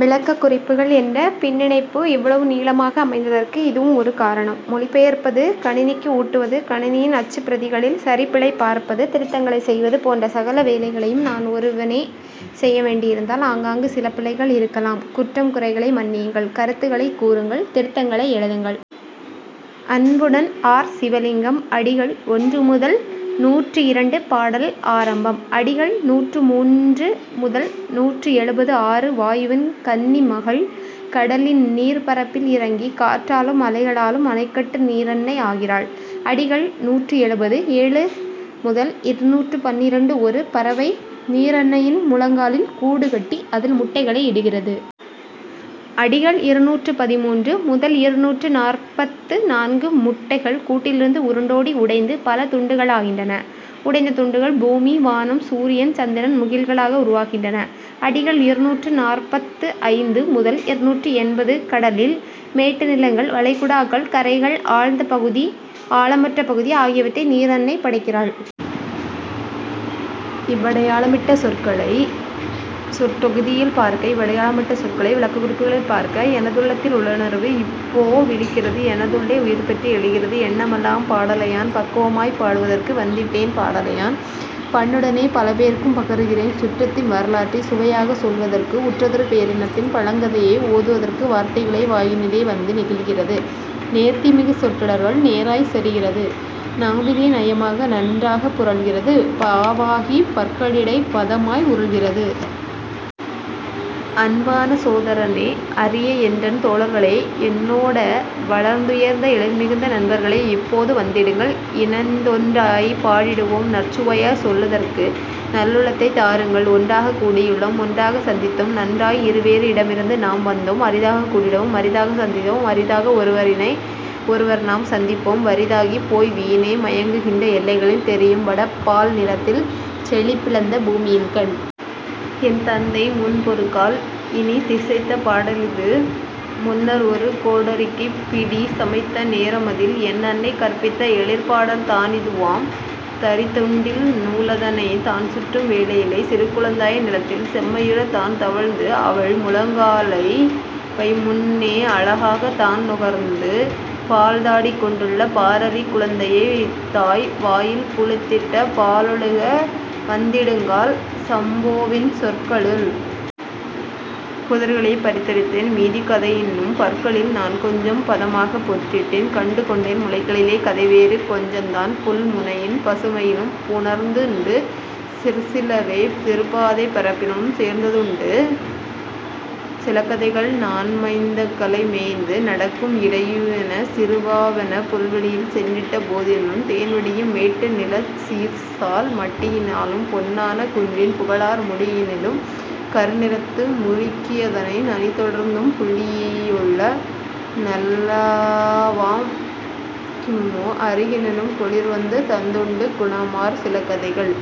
விளக்கக் குறிப்புகள் என்ற பின்னிணைப்பு இவ்வளவு நீளமாக அமைந்ததற்கு இதுவும் ஒரு காரணம். மொழிபெயர்ப்பது கணினிக்கு ஊட்டுவது கணினியின் அச்சுப் பிரதிகளில் சரிபிழை பார்ப்பது திருத்தங்களை செய்வது போன்ற சகல வேலைகளையும் நான் ஒருவனே செய்ய வேண்டியிருந்தால் ஆங்காங்கு சில பிழைகள் இருக்கலாம். குற்றம் குறைகளை மன்னியுங்கள் கருத்துகளைக் கூறுங்கள் திருத்தங்களை எழுதுங்கள். அன்புடன் ஆர். சிவலிங்கம் அடிகள் ஒன்று முதல் நூற்று இரண்டு பாடல் ஆரம்பம். அடிகள் நூற்று மூன்று முதல் நூற்று எழுபது ஆறு வாயுவின் கன்னிமகள் கடலின் நீர்ப் பரப்பில் இறங்கி காற்றாலும் அலைகளாலும் அணைக்கட்டு நீரன்னை ஆகிறாள். அடிகள் நூற்று எழுபது ஏழு முதல் இருநூற்று பன்னிரண்டு ஒரு பறவை நீரன்னையின் முழங்காலில் கூடு கட்டி அதில் முட்டைகளை இடுகிறது. அடிகள் இருநூற்று பதிமூன்று முதல் இருநூற்று நாற்பத்து நான்கு முட்டைகள் கூட்டிலிருந்து உருண்டோடி உடைந்து பல துண்டுகளாகின்றன உடைந்த துண்டுகள் பூமி வானம் சூரியன் சந்திரன் முகில்களாக உருவாகின்றன. அடிகள் இருநூற்று நாற்பத்து ஐந்து முதல் இருநூற்று எண்பது கடலில் மேட்டு நிலங்கள் வளைகுடாக்கள் கரைகள் ஆழ்ந்த பகுதி ஆழமற்ற பகுதி ஆகியவற்றை நீரன்னை படைக்கிறாள். இவ்வடையாளமிட்ட சொற்களை சொற்றொகுதியில் பார்க்க இவ்வடையாளமிட்ட சொற்களை விளக்கக் குறிப்புகளில் பார்க்க எனதுள்ளத்தில் உள்ளுணர்வு இப்போ விழிக்கிறது எனதுள்ளே உயிர்பெற்று எழுகிறது எண்ணமெல்லாம் பாடலையான் பக்குவமாய்ப் பாடுவதற்கு வந்திட்டேன் பாடலையான் பண்ணுடனே பலபேர்க்கும் பகருகிறேன் சுற்றத்தின் வரலாற்றைச் சுவையாகச் சொல்வதற்கு உற்றதொரு பேரினத்தின் பழங்கதையை ஓதுதற்கு வார்த்தைகளோ வாயினிலே வந்து நெகிழ்கிறது நேர்த்திமிகு சொற்றொடர்கள் நேராய்ச் செரிகிறது நாவிலே நயமாக நன்றாகப் புரள்கிறது பாவாகிப் பற்களிடைப் பதமாய் உருள்கிறது. அன்பான சோதரனே அரியஎன்றன் தோழர்களே என்னோட வளர்துயர்ந்த எழில்மிகுந்த நண்பர்களே இப்போது வந்திடுங்கள் இணைந்தொன்றாயப் பாடிடுவோம் நற்சுவையாய்ச் சொல்லுதற்கு நல்லுள்ளத்தைத் தாருங்கள் ஒன்றாகக் கூடியுள்ளோம் ஒன்றாகச் சந்தித்தோம் நன்றாய் இருவேறு இடமிருந்து நாம் வந்தோம் அரிதாகக் கூடிடுவோம் அரிதாகச் சந்திப்போம் அரிதாக ஒருவரினை ஒருவர்நாம் சந்திப்போம் வறிதாகிப் போய்வீணே மயங்குகின்ற எல்லைகளில் தெரியும்வட பால்நிலத்தில் செழிப்பிழந்த பூமியின்கண். என்தந்தை முன்பொருகால் இனிதிசைத்த பாடலிது முன்னர்ஒரு கோடரிக்குப் பிடிசமைத்த நேரமதில் என்அன்னை கற்பித்த எழிற்பாடல் தானிதுவாம் தறித்துண்டில் நூலதனைத் தான்சுற்றும் வேளையிலே சிறுகுழந்தையாய் நிலத்தில் செம்மையுறத் தான்தவழ்ந்து அவள்முழங்காலவைமுன்னே அழகாகத் தான்நகர்ந்து பால்தாடி கொண்டுள்ள பாரதிக் குழந்தையய் வாயில் புளித்திட்ட பாலொழுக வந்திடுங்கால். சம்போவின் சொற்களு. புதர்களிலே பறித்தெடுத்தேன் மீதிக் கதையின்னும் பற்களில் நான்கொஞ்சம் பதமாகப் பொற்றிட்டேன் கண்டுகொண்டேன் முளைகளிலே கதைவேறு கொஞ்சந்தான் புல்முனையின் பசுமையிலும் புணர்ந்ததுண்டு சிற்சிலவே சிறுப்பாதைப் பரப்பினிலும் சேர்ந்ததுண்டு சிலகதைகள் நான்மந்தைகலைமேய்த்து நடக்கும் இடையனென சிறுவனெனப் புல்வெளியில் சென்றிட்ட போதினிலும் தேன்வடியும் மேட்டுநிலச் சீர்சால் மட்டியினாலும் பொன்னான குன்றின் புகழார் முடியினிலும் கருநிறத்து முரிக்கியதனை நனிதொடர்ந்தும் புள்ளியுள்ள நல்லாவாம் கிம்மோ அருகினிலும். குளிர்வந்து தந்துண்டு குணமார் சிலகதைகள்